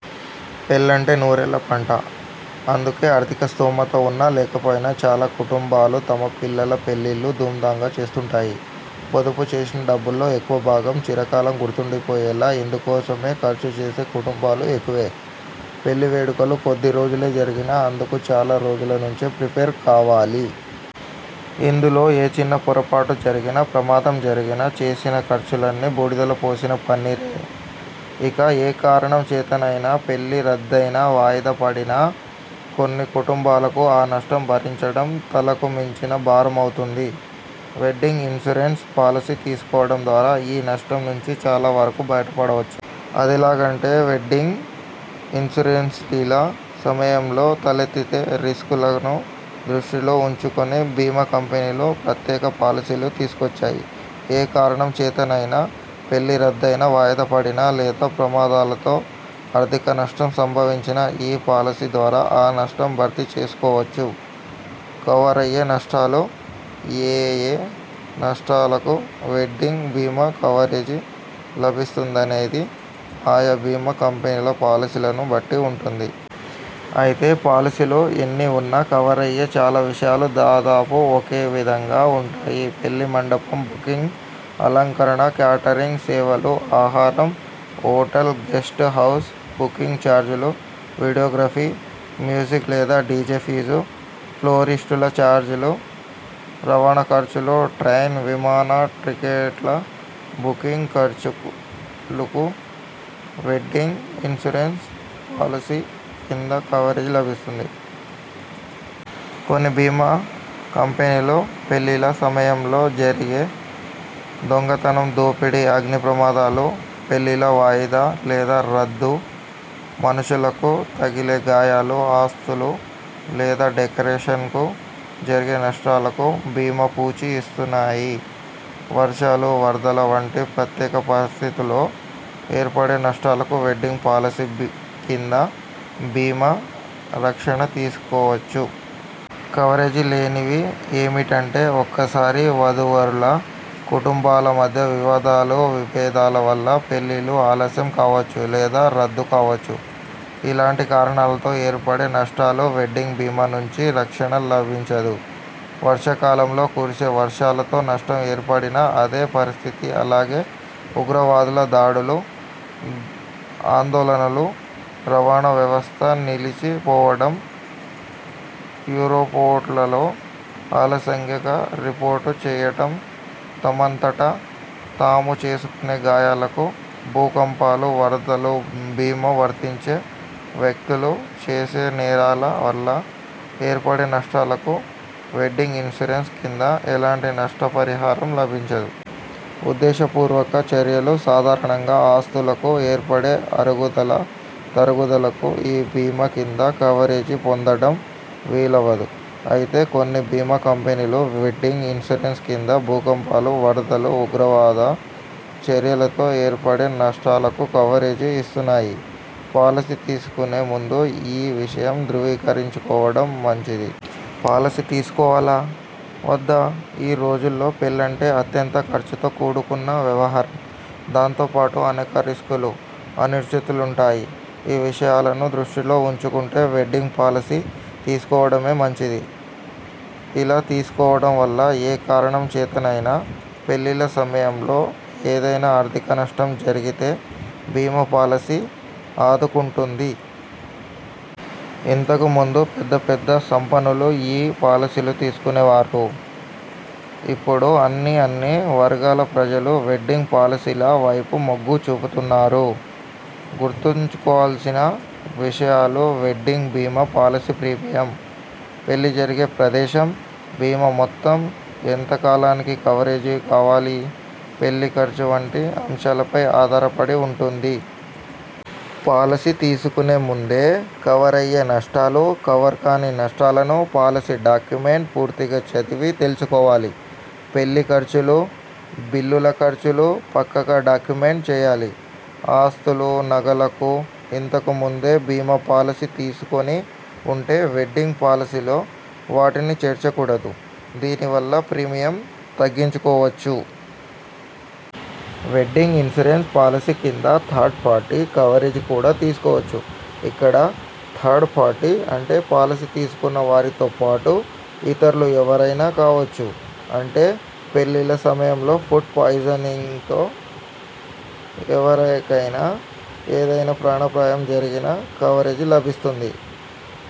పెళ్లంటే నూరేళ్ల పంట. అందుకే ఆర్థిక స్థోమత ఉన్నా లేకపోయినా చాలా కుటుంబాలు, తమ పిల్లల పెళ్లిళ్లు ధూంధాంగా చేస్తుంటాయి. పొదుపు చేసిన డబ్బుల్లో ఎక్కువ భాగం చిరకాలం గుర్తుండిపోయేలా ఇందుకోసమే ఖర్చు చేసే కుటుంబాలు ఎక్కువే. పెళ్లి వేడుకలు కొద్ది రోజులే జరిగినా అందుకు చాలా రోజుల నుంచే ప్రిపేర్ కావాలి. ఇందులో ఏ చిన్న పొరపాటు జరిగినా, ప్రమాదం జరిగినా చేసిన ఖర్చులన్నీ బూడిదలో పోసిన పన్నీరే. ఇక ఏ కారణం చేతనైనా పెళ్లి రద్దయినా, వాయిదా పడినా కొన్ని కుటుంబాలకు ఆ నష్టం భరించడం తలకు మించిన భారమవుతుంది. వెడ్డింగ్ ఇన్సూరెన్స్ పాలసీ తీసుకోవడం ద్వారా ఈ నష్టం నుంచి చాలా వరకు బయట పడొచ్చు. అదెలాగంటేవెడ్డింగ్ ఇన్సూరెన్స్పెళ్లిళ్ల సమయంలో తలెత్తే రిస్కులను దృష్టిలో ఉంచుకుని బీమా కంపెనీలు ప్రత్యేక పాలసీలు తీసుకొచ్చాయి. ఏ కారణం చేతనైనా పెళ్లి రద్దయినా, వాయిదా పడినా లేదా ప్రమాదాలతో ఆర్థిక నష్టం సంభవించినా ఈ పాలసీ ద్వారా ఆ నష్టం భర్తీ చేసుకోవచ్చు. కవరయ్యే నష్టాలు ఏయే నష్టాలకు వెడ్డింగ్ బీమా కవరేజీ లభిస్తుందనేది ఆయా బీమా కంపెనీల పాలసీలను బట్టి ఉంటుంది. అయితే పాలసీలు ఎన్ని ఉన్నా కవరయ్యే చాలా విషయాలు దాదాపు ఒకే విధంగా ఉంటాయి. పెళ్లి మండపం బుకింగ్, అలంకరణ, కేటరింగ్ సేవలు, ఆహారం, హోటల్, గెస్ట్ హౌజ్ బుకింగ్ చార్జీలు, వీడియోగ్రఫీ, మ్యూజిక్ లేదా డిజె ఫీజు, ఫ్లోరిస్టుల చార్జీలు, రవాణా ఖర్చులు, ట్రైన్, విమాన టిక్కెట్ల బుకింగ్ ఖర్చులుకు వెడ్డింగ్ ఇన్సూరెన్స్ పాలసీ కింద కవరేజీ లభిస్తుంది. కొన్ని బీమా కంపెనీలు పెళ్లిళ్ల సమయంలో జరిగే దొంగతనం, దోపిడి, అగ్ని ప్రమాదాలు, పెళ్లిళ్ల వాయిదా లేదా రద్దు, మనుషులకు తగిలే గాయాలు, ఆస్తులు లేదా డెకరేషన్కు జరిగే నష్టాలకూ బీమా పూచి ఇస్తున్నాయి. వర్షాలు, వరదల వంటి ప్రత్యేక పరిస్థితుల్లో ఏర్పడే నష్టాలకూ వెడ్డింగ్ పాలసీ కింద బీమా రక్షణ తీసుకోవచ్చు. కవరేజీ లేనివి ఏమిటంటే.. ఒక్కోసారి వధూవరుల కుటుంబాల మధ్య వివాదాలు, విభేదాల వల్ల పెళ్లిళ్లు ఆలస్యం కావచ్చు. లేదా రద్దు కావచ్చు. ఇలాంటి కారణాలతో ఏర్పడే నష్టాలు వెడ్డింగ్ బీమా నుంచి రక్షణ లభించదు. వర్షాకాలంలో కురిసే వర్షాలతో నష్టం ఏర్పడినా ఇదే పరిస్థితి. అలాగే ఉగ్రవాదుల దాడులు, ఆందోళనలు, రవాణా వ్యవస్థ నిలిచి పోవడం, ఎయుర్పోర్టులో ఆలస్యంగా రిపోర్టు చేయడం, తమంతట తాము చేసుకునే గాయాలకు, భూకంపాలు, వరదలు, బీమా వర్తించే వ్యక్తులు చేసే నేరాల వల్ల ఏర్పడే నష్టాలకూ వెడ్డింగ్ ఇన్సూరెన్స్ కింద ఎలాంటి నష్టపరిహారం లభించదు. ఉద్దేశపూర్వక చర్యలు, సాధారణంగా ఆస్తులకు ఏర్పడే అరుగుదల, తరుగుదలకూ ఈ బీమా కింద కవరేజీ పొందడం వీలవదు. అయితే కొన్ని బీమా కంపెనీలు వెడ్డింగ్ ఇన్సూరెన్స్ కింద భూకంపాలు, వరదలు, ఉగ్రవాద చర్యలతో ఏర్పడే నష్టాలకూ కవరేజీ ఇస్తున్నాయి. పాలసీ తీసుకునే ముందే ఈ విషయం ధ్రువీకరించుకోవడం మంచిది. పాలసీ తీసుకోవాలా? వద్దా? ఈ రోజుల్లో పెళ్లంటే అత్యంత ఖర్చుతో కూడుకున్న వ్యవహారం. దాంతోపాటు అనేక రిస్కులు, అనిశ్చితులుంటాయి. ఈ విషయాలను దృష్టిలో ఉం చుకుంటే వెడ్డింగ్ పాలసీ తీసుకోవడమే మంచిది. ఇలా తీసుకోవడం వల్ల ఏ కారణం చేతనైనా పెళ్ళిళ్ల సమయంలో ఏదైనా ఆర్థిక నష్టం జరిగితే బీమా పాలసీ ఆదుకుంటుంది. ఇంతకు ముందు పెద్ద పెద్ద సంపన్నులు ఈ పాలసీలు తీసుకునేవారు. ఇపుడు అన్ని అన్ని వర్గాల ప్రజలు వెడ్డింగ్ పాలసీల వైపు మొగ్గు చూపుతున్నారు. గుర్తుంచుకోవాల్సిన విషయాలువెడ్డింగ్ బీమా పాలసీ ప్రీమియం.. పెళ్లి జరిగే ప్రదేశం, బీమా మొత్తం, ఎంత కాలానికి కవరేజీ కావాలి? పెళ్లి ఖర్చు వంటి అంశాలపై ఆధారపడి ఉంటుంది. పాలసీ తీసుకునే ముందే కవరయ్యే నష్టాలు, కవర్ కాని నష్టాలను పాలసీ డాక్యుమెంట్ పూర్తిగా చదివి తెలుసుకోవాలి. పెళ్లి ఖర్చులు, బిల్లుల ఖర్చులు పక్కాగా డాక్యుమెంట్ చేయాలి. ఆస్తులు, నగలకు ఇంతకు ముందే బీమా పాలసీ తీసుకుని ఉంటే వెడ్డింగ్ పాలసీలో వాటిని చేర్చకూడదు. దీనివల్ల ప్రీమియం తగ్గించుకోవచ్చు. వెడ్డింగ్ ఇన్సూరెన్స్ పాలసీ కింద థర్డ్ పార్టీ కవరేజీ కూడా తీసుకోవచ్చు. ఇక్కడ థర్డ్ పార్టీ అంటే పాలసీ తీసుకున్న వారితో పాటు ఇతరులు ఎవరైనా కావచ్చు. అంటే పెళ్లిళ్ల సమయంలో ఫుడ్ పాయిజనింగ్తో ఎవరికైనా ఏదైనా ప్రాణాపాయం జరిగినా కవరేజీ లభిస్తుంది.